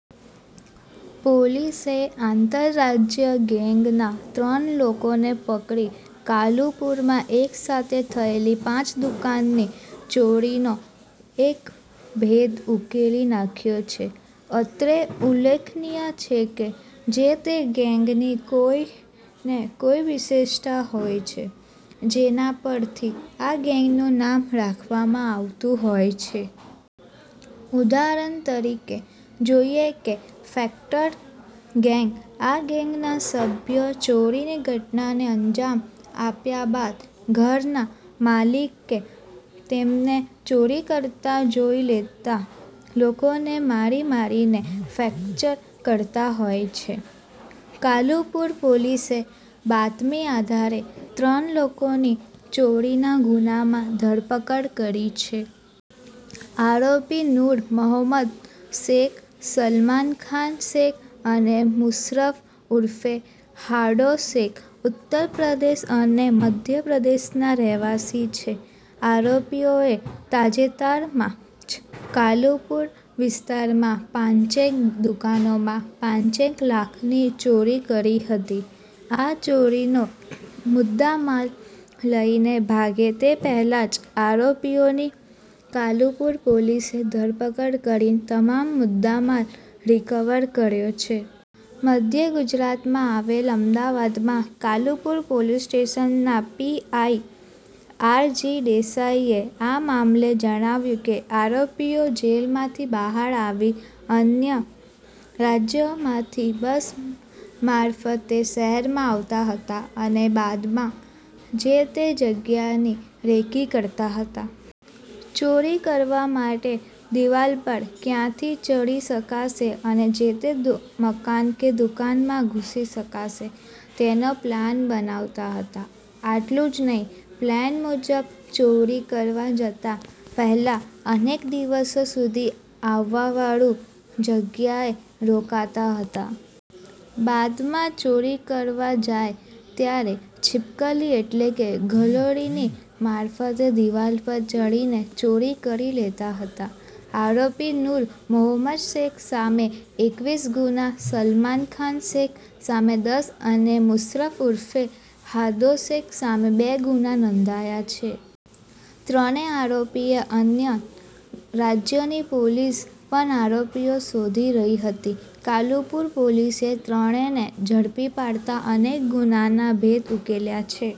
પોલીસે આંતરરાજ્ય ગેંગના ત્રણ લોકોને પકડી કાલુપુરમાં એક સાથે થયેલી પાંચ દુકાનની ચોરીનો ભેદ ઉકેલી નાખ્યો છે. અત્રે ઉલ્લેખનીય છે કે, જે તે ગેંગની કોઈને કોઈ વિશેષતા હોય છે. જેના પરથી આ ગેંગનું નામ રાખવામાં આવતું હોય છે. ઉદાહરણ તરીકે જોઈએ કે ફ્રેક્ટર ગેંગ. આ ગેંગના સભ્યો ચોરીની ઘટનાને અંજામ આપ્યા બાદ ઘરના માલિક કે તેમને ચોરી કરતા જોઈ લેતા લોકોને મારી મારીને ફ્રેક્ચર કરતા હોય છે. કાલુપુર પોલીસે બાતમી આધારે ત્રણ લોકોની ચોરીના ગુનામાં ધરપકડ કરી છે. આરોપી નૂર મહોમદ શેખ, સલમાન ખાન શેખ અને મુશરફ ઉર્ફે હાડો શેખ ઉત્તરપ્રદેશ અને મધ્યપ્રદેશના રહેવાસી છે. આરોપીઓએ તાજેતરમાં જ કાલુપુર વિસ્તારમાં પાંચેક દુકાનોમાં પાંચેક લાખની ચોરી કરી હતી. આ ચોરીનો મુદ્દામાલ લઈને ભાગે તે પહેલા જ આરોપીઓની કાલુપુર પોલીસે ધરપકડ કરી તમામ મુદ્દામાલ રિકવર કર્યો છે. મધ્ય ગુજરાતમાં આવેલ અમદાવાદમાં કાલુપુર પોલીસ સ્ટેશનના પી. આઇ. આર. જી. દેસાઈએ આ મામલે જણાવ્યું કે, આરોપીઓ જેલમાંથી બહાર આવી અન્ય રાજ્યોમાંથી બસ મારફતે શહેરમાં આવતા હતા અને બાદમાં જે તે જગ્યાની રેકી કરતા હતા. ચોરી કરવા માટે દીવાલ પર ક્યાંથી ચઢી શકાશે અને જે તે મકાન કે દુકાનમાં ઘૂસી શકાશે તેનો પ્લાન બનાવતા હતા. આટલું જ નહીં પ્લાન મુજબ ચોરી કરવા જતા પહેલા અનેક દિવસો સુધી અવાવરું જગ્યાએ રોકાતા હતા. બાદમાં ચોરી કરવા જાય ત્યારે છીપકલી એટલે કે ગરોળીની માફક દીવાલો પર ચઢીને ચોરી કરી લેતા હતા. આરોપી નૂર મહોમદ શેખ સામે એકવીસ ગુના, સલમાન ખાન શેખ સામે દસ અને મુશરફ ઉર્ફે હાડો શેખ સામે બે ગુના નોંધાયા છે. ત્રણેય આરોપીને અન્ય રાજ્યોની પોલીસ પણ આરોપીઓ શોધી રહી હતી. કાલુપુર પોલીસે ત્રણેયને ઝડપી પાડતા અનેક ગુનાના ભેદ ઉકેલાયા છે.